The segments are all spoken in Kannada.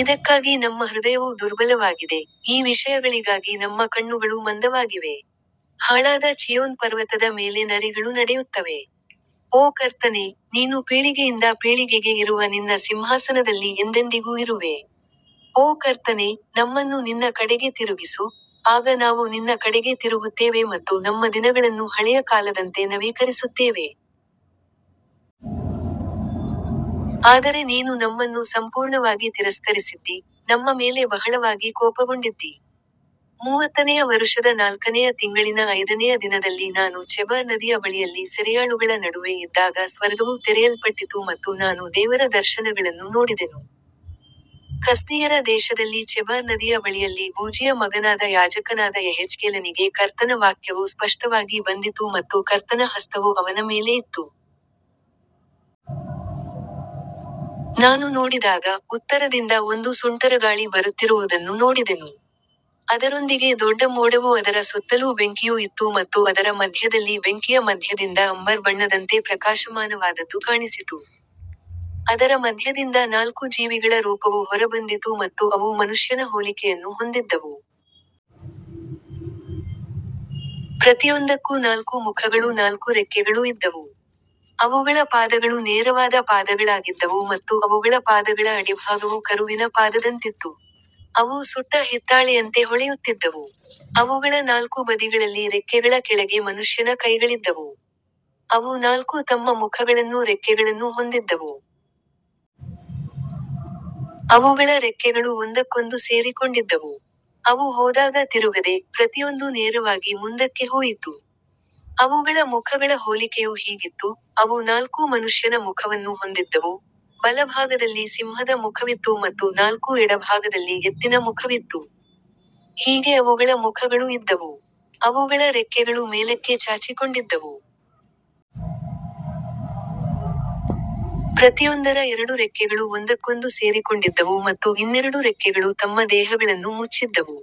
ಇದಕ್ಕಾಗಿ ನಮ್ಮ ಹೃದಯವು ದುರ್ಬಲವಾಗಿದೆ, ಈ ವಿಷಯಗಳಿಗಾಗಿ ನಮ್ಮ ಕಣ್ಣುಗಳು ಮಂದವಾಗಿವೆ. ಹಾಳಾದ ಚೀಯೋನ್ ಪರ್ವತದ ಮೇಲೆ ನರಿಗಳು ನಡೆಯುತ್ತವೆ. ಓ ಕರ್ತನೇ, ನೀನು ಪೀಳಿಗೆಯಿಂದ ಪೀಳಿಗೆಗೆ ಇರುವ ನಿನ್ನ ಸಿಂಹಾಸನದಲ್ಲಿ ಎಂದೆಂದಿಗೂ ಇರುವೆ. ಓ ಕರ್ತನೇ, ನಮ್ಮನ್ನು ನಿನ್ನ ಕಡೆಗೆ ತಿರುಗಿಸು, ಆಗ ನಾವು ನಿನ್ನ ಕಡೆಗೆ ತಿರುಗುತ್ತೇವೆ ಮತ್ತು ನಮ್ಮ ದಿನಗಳನ್ನು ಹಳೆಯ ಕಾಲದಂತೆ ನವೀಕರಿಸುತ್ತೇವೆ. ಆದರೆ ನೀನು ನಮ್ಮನ್ನು ಸಂಪೂರ್ಣವಾಗಿ ತಿರಸ್ಕರಿಸಿದ್ದೀ, ನಮ್ಮ ಮೇಲೆ ಬಹಳವಾಗಿ ಕೋಪಗೊಂಡಿದ್ದೀ. ಮೂವತ್ತನೆಯ ವರುಷದ ನಾಲ್ಕನೆಯ ತಿಂಗಳಿನ ಐದನೆಯ ದಿನದಲ್ಲಿ ನಾನು ಚೆಬಾರ್ ನದಿಯ ಬಳಿಯಲ್ಲಿ ಸೆರೆಯಾಳುಗಳ ನಡುವೆ ಇದ್ದಾಗ ಸ್ವರ್ಗವು ತೆರೆಯಲ್ಪಟ್ಟಿತು ಮತ್ತು ನಾನು ದೇವರ ದರ್ಶನಗಳನ್ನು ನೋಡಿದೆನು. ಕಸ್ದೀಯರ ದೇಶದಲ್ಲಿ ಚೆಬಾರ್ ನದಿಯ ಬಳಿಯಲ್ಲಿ ಬೂಜಿಯ ಮಗನಾದ ಯಾಜಕನಾದ ಯೆಹೆಜ್ಕೇಲನಿಗೆ ಕರ್ತನ ವಾಕ್ಯವು ಸ್ಪಷ್ಟವಾಗಿ ಬಂದಿತು ಮತ್ತು ಕರ್ತನ ಹಸ್ತವು ಅವನ ಮೇಲೆ ಇತ್ತು. ನಾನು ನೋಡಿದಾಗ, ಉತ್ತರದಿಂದ ಒಂದು ಸುಂಟರಗಾಳಿ ಬರುತ್ತಿರುವುದನ್ನು ನೋಡಿದೆನು. ಅದರೊಂದಿಗೆ ದೊಡ್ಡ ಮೋಡವೂ ಅದರ ಸುತ್ತಲೂ ಬೆಂಕಿಯೂ ಇತ್ತು ಮತ್ತು ಅದರ ಮಧ್ಯದಲ್ಲಿ ಬೆಂಕಿಯ ಮಧ್ಯದಿಂದ ಅಂಬರ್ ಬಣ್ಣದಂತೆ ಪ್ರಕಾಶಮಾನವಾದದ್ದು ಕಾಣಿಸಿತು. ಅದರ ಮಧ್ಯದಿಂದ ನಾಲ್ಕು ಜೀವಿಗಳ ರೂಪವು ಹೊರಬಂದಿತು ಮತ್ತು ಅವು ಮನುಷ್ಯನ ಹೋಲಿಕೆಯನ್ನು ಹೊಂದಿದ್ದವು. ಪ್ರತಿಯೊಂದಕ್ಕೂ ನಾಲ್ಕು ಮುಖಗಳೂ ನಾಲ್ಕು ರೆಕ್ಕೆಗಳೂ ಇದ್ದವು. ಅವುಗಳ ಪಾದಗಳು ನೇರವಾದ ಪಾದಗಳಾಗಿದ್ದವು ಮತ್ತು ಅವುಗಳ ಪಾದಗಳ ಅಡಿಭಾಗವು ಕರುವಿನ ಪಾದದಂತಿತ್ತು. ಅವು ಸುಟ್ಟ ಹಿತ್ತಾಳೆಯಂತೆ ಹೊಳೆಯುತ್ತಿದ್ದವು. ಅವುಗಳ ನಾಲ್ಕು ಬದಿಗಳಲ್ಲಿ ರೆಕ್ಕೆಗಳ ಕೆಳಗೆ ಮನುಷ್ಯನ ಕೈಗಳಿದ್ದವು. ಅವು ನಾಲ್ಕೂ ತಮ್ಮ ಮುಖಗಳನ್ನೂ ರೆಕ್ಕೆಗಳನ್ನೂ ಹೊಂದಿದ್ದವು. ಅವುಗಳ ರೆಕ್ಕೆಗಳು ಒಂದಕ್ಕೊಂದು ಸೇರಿಕೊಂಡಿದ್ದವು. ಅವು ಹೋದಾಗ ತಿರುಗದೆ, ಪ್ರತಿಯೊಂದೂ ನೇರವಾಗಿ ಮುಂದಕ್ಕೆ ಹೋಯಿತು. ಅವುಗಳ ಮುಖಗಳ ಹೋಲಿಕೆಯು ಹೀಗಿತ್ತು, ಅವು ನಾಲ್ಕೂ ಮನುಷ್ಯನ ಮುಖವನ್ನು ಹೊಂದಿದ್ದವು, ಬಲಭಾಗದಲ್ಲಿ ಸಿಂಹದ ಮುಖವಿತ್ತು ಮತ್ತು ನಾಲ್ಕೂ ಎಡಭಾಗದಲ್ಲಿ ಎತ್ತಿನ ಮುಖವಿತ್ತು. ಹೀಗೆ ಅವುಗಳ ಮುಖಗಳು ಇದ್ದವು. ಅವುಗಳ ರೆಕ್ಕೆಗಳು ಮೇಲಕ್ಕೆ ಚಾಚಿಕೊಂಡಿದ್ದವು. ಪ್ರತಿಯೊಂದರ ಎರಡು ರೆಕ್ಕೆಗಳು ಒಂದಕ್ಕೊಂದು ಸೇರಿಕೊಂಡಿದ್ದವು ಮತ್ತು ಇನ್ನೆರಡು ರೆಕ್ಕೆಗಳು ತಮ್ಮ ದೇಹಗಳನ್ನು ಮುಚ್ಚಿದ್ದವು.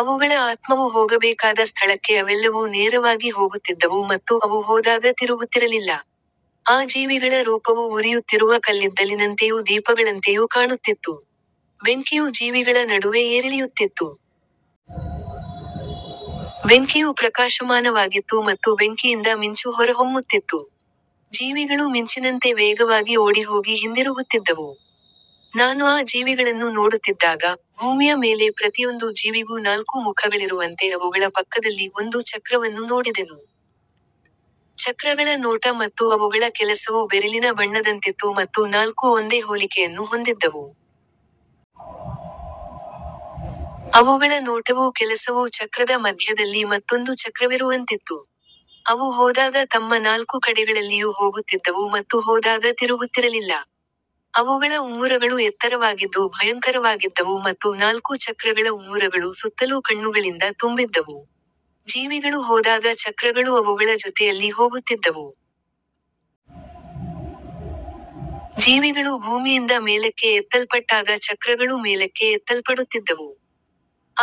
ಅವುಗಳ ಆತ್ಮವು ಹೋಗಬೇಕಾದ ಸ್ಥಳಕ್ಕೆ ಅವೆಲ್ಲವೂ ನೇರವಾಗಿ ಹೋಗುತ್ತಿದ್ದವು ಮತ್ತು ಅವು ಹೋದಾಗ ತಿರುಗುತ್ತಿರಲಿಲ್ಲ. ಆ ಜೀವಿಗಳ ರೂಪವು ಉರಿಯುತ್ತಿರುವ ಕಲ್ಲಿದ್ದಲಿನಂತೆಯೂ ದೀಪಗಳಂತೆಯೂ ಕಾಣುತ್ತಿತ್ತು. ಬೆಂಕಿಯು ಜೀವಿಗಳ ನಡುವೆ ಏರಿಳಿಯುತ್ತಿತ್ತು. ಬೆಂಕಿಯು ಪ್ರಕಾಶಮಾನವಾಗಿತ್ತು ಮತ್ತು ಬೆಂಕಿಯಿಂದ ಮಿಂಚು ಹೊರಹೊಮ್ಮುತ್ತಿತ್ತು. ಜೀವಿಗಳು ಮಿಂಚಿನಂತೆ ವೇಗವಾಗಿ ಓಡಿಹೋಗಿ ಹಿಂದಿರುಗುತ್ತಿದ್ದವು. ನಾನು ಆ ಜೀವಿಗಳನ್ನು ನೋಡುತ್ತಿದ್ದಾಗ, ಭೂಮಿಯ ಮೇಲೆ ಪ್ರತಿಯೊಂದು ಜೀವಿಗೂ ನಾಲ್ಕು ಮುಖಗಳಿರುವಂತೆ ಅವುಗಳ ಪಕ್ಕದಲ್ಲಿ ಒಂದು ಚಕ್ರವನ್ನು ನೋಡಿದೆನು. ಚಕ್ರಗಳ ನೋಟ ಮತ್ತು ಅವುಗಳ ಕೆಲಸವು ಬೆರಿಲಿನ ಬಣ್ಣದಂತಿತ್ತು ಮತ್ತು ನಾಲ್ಕೂ ಒಂದೇ ಹೋಲಿಕೆಯನ್ನು ಹೊಂದಿದ್ದವು. ಅವುಗಳ ನೋಟವೂ ಕೆಲಸವೂ ಚಕ್ರದ ಮಧ್ಯದಲ್ಲಿ ಮತ್ತೊಂದು ಚಕ್ರವಿರುವಂತಿತ್ತು. ಅವು ಹೋದಾಗ ತಮ್ಮ ನಾಲ್ಕು ಕಡೆಗಳಲ್ಲಿಯೂ ಹೋಗುತ್ತಿದ್ದವು ಮತ್ತು ಹೋದಾಗ ತಿರುಗುತ್ತಿರಲಿಲ್ಲ. ಅವುಗಳ ಉಂಗುರಗಳು ಎತ್ತರವಾಗಿದ್ದು ಭಯಂಕರವಾಗಿದ್ದವು ಮತ್ತು ನಾಲ್ಕೂ ಚಕ್ರಗಳ ಉಂಗುರಗಳು ಸುತ್ತಲೂ ಕಣ್ಣುಗಳಿಂದ ತುಂಬಿದ್ದವು. ಜೀವಿಗಳು ಹೋದಾಗ ಚಕ್ರಗಳೂ ಅವುಗಳ ಜೊತೆಯಲ್ಲಿ ಹೋಗುತ್ತಿದ್ದವು. ಜೀವಿಗಳು ಭೂಮಿಯಿಂದ ಮೇಲಕ್ಕೆ ಎತ್ತಲ್ಪಟ್ಟಾಗ ಚಕ್ರಗಳೂ ಮೇಲಕ್ಕೆ ಎತ್ತಲ್ಪಡುತ್ತಿದ್ದವು.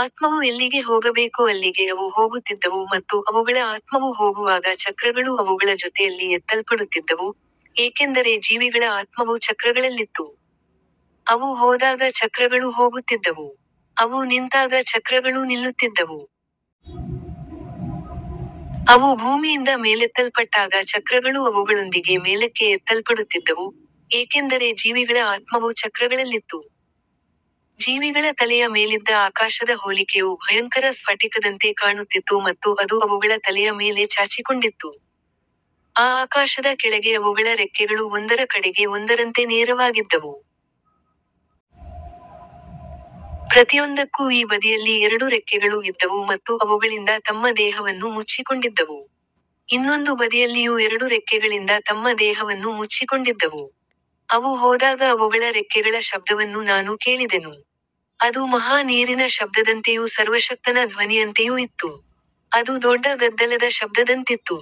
ಆತ್ಮವು ಎಲ್ಲಿಗೆ ಹೋಗಬೇಕೋ ಅಲ್ಲಿಗೆ ಅವು ಹೋಗುತ್ತಿದ್ದವು ಮತ್ತು ಅವುಗಳ ಆತ್ಮವು ಹೋಗುವಾಗ ಚಕ್ರಗಳೂ ಅವುಗಳ ಜೊತೆಯಲ್ಲಿ ಎತ್ತಲ್ಪಡುತ್ತಿದ್ದವು, ಏಕೆಂದರೆ ಜೀವಿಗಳ ಆತ್ಮವು ಚಕ್ರಗಳಲ್ಲಿತ್ತು. ಅವು ಹೋದಾಗ ಚಕ್ರಗಳೂ ಹೋಗುತ್ತಿದ್ದವು. ಅವು ನಿಂತಾಗ ಚಕ್ರಗಳೂ ನಿಲ್ಲುತ್ತಿದ್ದವು. ಅವು ಭೂಮಿಯಿಂದ ಮೇಲೆತ್ತಲ್ಪಟ್ಟಾಗ ಚಕ್ರಗಳೂ ಅವುಗಳೊಂದಿಗೆ ಮೇಲಕ್ಕೆ ಎತ್ತಲ್ಪಡುತ್ತಿದ್ದವು, ಏಕೆಂದರೆ ಜೀವಿಗಳ ಆತ್ಮವು ಚಕ್ರಗಳಲ್ಲಿತ್ತು. ಜೀವಿಗಳ ತಲೆಯ ಮೇಲಿದ್ದ ಆಕಾಶದ ಹೋಲಿಕೆಯು ಭಯಂಕರ ಸ್ಫಟಿಕದಂತೆ ಕಾಣುತ್ತಿತ್ತು ಮತ್ತು ಅದು ಅವುಗಳ ತಲೆಯ ಮೇಲೆ ಚಾಚಿಕೊಂಡಿತ್ತು. ಆ ಆಕಾಶದ ಕೆಳಗೆ ಅವುಗಳ ರೆಕ್ಕೆಗಳು ಒಂದರ ಕಡೆಗೆ ಒಂದರಂತೆ ನೇರವಾಗಿದ್ದವು. ಪ್ರತಿಯೊಂದಕ್ಕೂ ಈ ಬದಿಯಲ್ಲಿ ಎರಡು ರೆಕ್ಕೆಗಳು ಇದ್ದವು ಮತ್ತು ಅವುಗಳಿಂದ ತಮ್ಮ ದೇಹವನ್ನು ಮುಚ್ಚಿಕೊಂಡಿದ್ದವು. ಇನ್ನೊಂದು ಬದಿಯಲ್ಲಿಯೂ ಎರಡು ರೆಕ್ಕೆಗಳಿಂದ ತಮ್ಮ ದೇಹವನ್ನು ಮುಚ್ಚಿಕೊಂಡಿದ್ದವು. ಅವು ಹೋದಾಗ ಅವುಗಳ ರೆಕ್ಕೆಗಳ ಶಬ್ದವನ್ನು ನಾನು ಕೇಳಿದೆನು. ಅದು ಮಹಾ ನೀರಿನ ಶಬ್ದದಂತೆಯೂ ಸರ್ವಶಕ್ತನ ಧ್ವನಿಯಂತೆಯೂ ಇತ್ತು. ಅದು ದೊಡ್ಡ ಗದ್ದಲದ ಶಬ್ದದಂತಿತ್ತು.